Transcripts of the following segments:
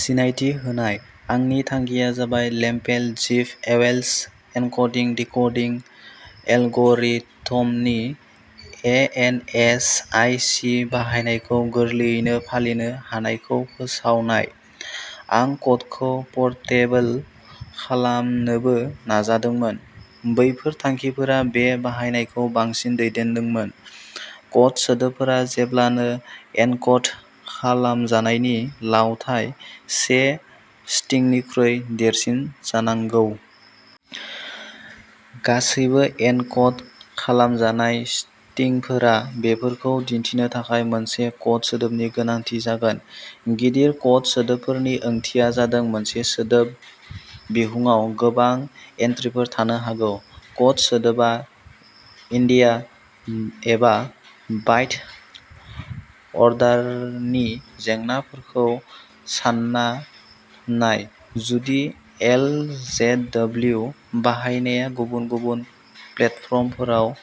सिनायथि होनाय, आंनि थांखिया जाबाय लेमपेल-जिभ-अवेल्च एनक'डिं डिक'डिं एलग'रिथमनि A N S I C बाहायनायखौ गोरलैयैनो फालिनो हानायखौ फोसावनाय। आं क'डखौ परटेबल खालामनोबो नाजादोंमोन। बैफोर थांखिफोरा बे बाहायनायखौ बांसिन दैदेनदोंमोन। क'ड सोदोबफोरा जेब्लानो एनक'ड खालामजानायनि लावथाइ से स्ट्रिंनिख्रुइ देरसिन जानांगौ। गासैबो एनक'ड खालामजानाय स्ट्रिंफोरा बेफोरखौ दिन्थिनो थाखाय मोनसे क'ड सोदोबनि गोनांथि जागोन। गिदिर क'ड सोदोबफोरनि ओंथिया जादों मोनसे सोदोब बिहुंआव गोबां एन्ट्रिफोर थानो हागौ। क'ड सोदोब एन्डियान/बाइट अर्डारनि जेंनाफोरखौ सानना नाय जुदि एल जेड डब्लिउ बाहायनाया गुबुन गुबुन प्लेटफर्मफोराव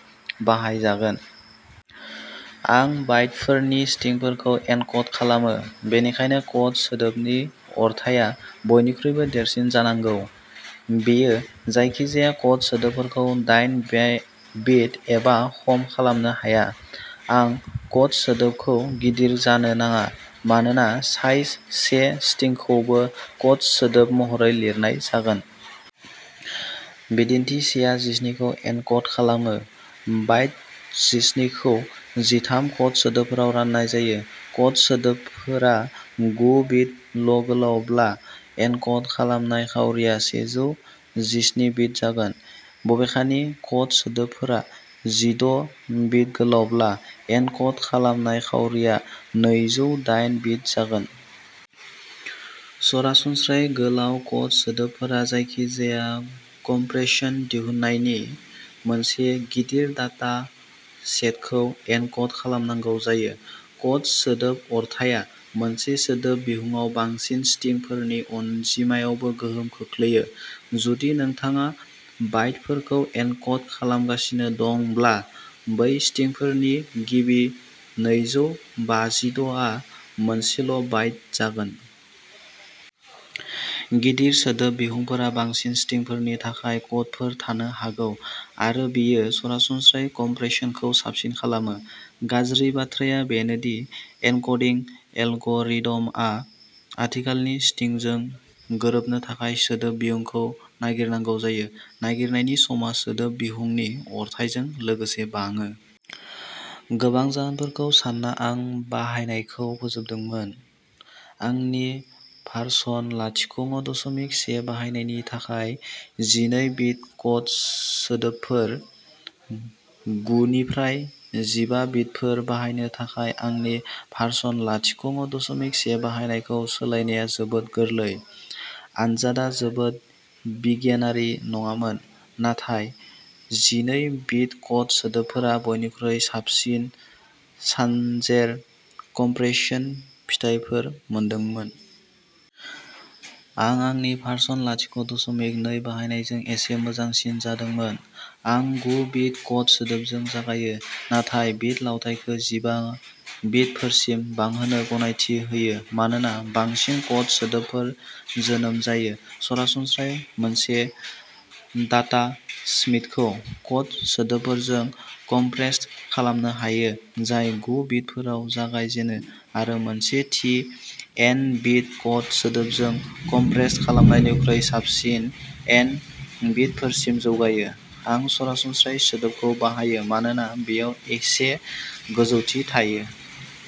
बाहायजागोन। आं बाइटफोरनि स्ट्रिंफोरखौ एनक'ड खालामो, बेनिखायनो क'ड सोदोबनि अरथाइया बाइटनिख्रुइ देरसिन जानांगौ। बेयो जायखिजाया क'ड सोदोबफोरखौ दाइन बिट एबा खम खालामनो हाया। आं क'ड सोदोबखौ गिदिर जानो नाङा, मानोना साइज से स्ट्रिंखौबो क'ड सोदोब महरै लिरनाय जागोन। बिदिन्थि से आ जिस्निखौ एनक'ड खालामो। बाइट स्ट्रिंखौ जिथाम क'ड सोदोबफोराव राननाय जायो। क'ड सोदोबफोरा गु बिट ल'गोलावब्ला, एनक'ड खालामनाय खावरिआ सेजौ जिस्नि बिट जागोन। बबेखानि, क'ड सोदोबफोरा जिद’ बिट गोलावब्ला, एनक'ड खालामनाय खावरिआ नैजौ दाइन बिट जागोन। सरासनस्रायै, गोलाव क'ड सोदोबफोरा जायखिजाया कमप्रेसन दिहुननायनि सिगां मोनसे गिदिर डाटा सेटखौ एनक'ड खालामनांगौ जायो। क'ड सोदोब अरथाइया मोनसे सोदोब बिहुंआव बांसिन स्ट्रिंफोरनि अनजिमायावबो गोहोम खोख्लैयो। जुदि नोंथाङा बाइटफोरखौ एनक'ड खालामगासिनो दंब्ला बै स्ट्रिंफोरनि गिबि नैजौ बाजिद’ आ मोनसेल' बाइट जागोन। गिदिर सोदोब बिहुंफोरा बांसिन स्ट्रिंफोरनि थाखाय क'डफोर थानो हागौ आरो बेयो सरासनस्रायै कमप्रेसनखौ साबसिन खालामो। गाज्रि बाथ्राया बेनो दि एनक'डिं एलग'रिडमआ आथिखालनि स्ट्रिंजों गोरोबनो थाखाय सोदोब बिहुंखौ नागिरनांगौ जायो। नागिरनायनि समा सोदोब बिहुंनि अरथाइजों लोगोसे बाङो। गोबां जाहोनफोरखौ सानना आं बाहायनायखौ फोजोबदोंमोन। आंनि भारसन लाथिख’ दसमिक से बाहायनायनि थाखाय जिनै बिट क'ड सोदोबफोर। गु निफ्राय जिबा बिटफोर बाहायनो थाखाय आंनि भारसन लाथिख’ दसमिक से बाहायनायखौ सोलायनाया जोबोद गोरलै। आनजादआ जोबोद बिगियानारि नङामोन, नाथाय जिनै बिट क'ड सोदोबफोरा बयनिख्रुइ साबसिन सानजेर कमप्रेसन फिथायफोर मोनदोंमोन। आं आंनि भारसन लाथिख’ दसमिक नै बाहायनायजों एसे मोजांसिन जादोंमोन। आं गु बिट क'ड सोदोबजों जागायो, नाथाय बिट लावथाइखौ जिबा बिटफोरसिम बांहोनो गनायथि होयो मानोना बांसिन क'ड सोदोबफोर जोनोम जायो। सरासनस्रायै मोनसे डाटा स्ट्रिमखौ क'ड सोदोबफोरजों कमप्रेस्ड खालामनो हायो जाय गु बिटफोराव जागायजेनो आरो मोनसे थि एन बिट क'ड सोदोबजों कमप्रेस्ड खालामनायनिख्रुइ साबसिन एन बिटफोरसिम जौगायो। आं "सरासनस्रायै" सोदोबखौ बाहायो, मानोना बेयाव एसे गोजौथिं थायो।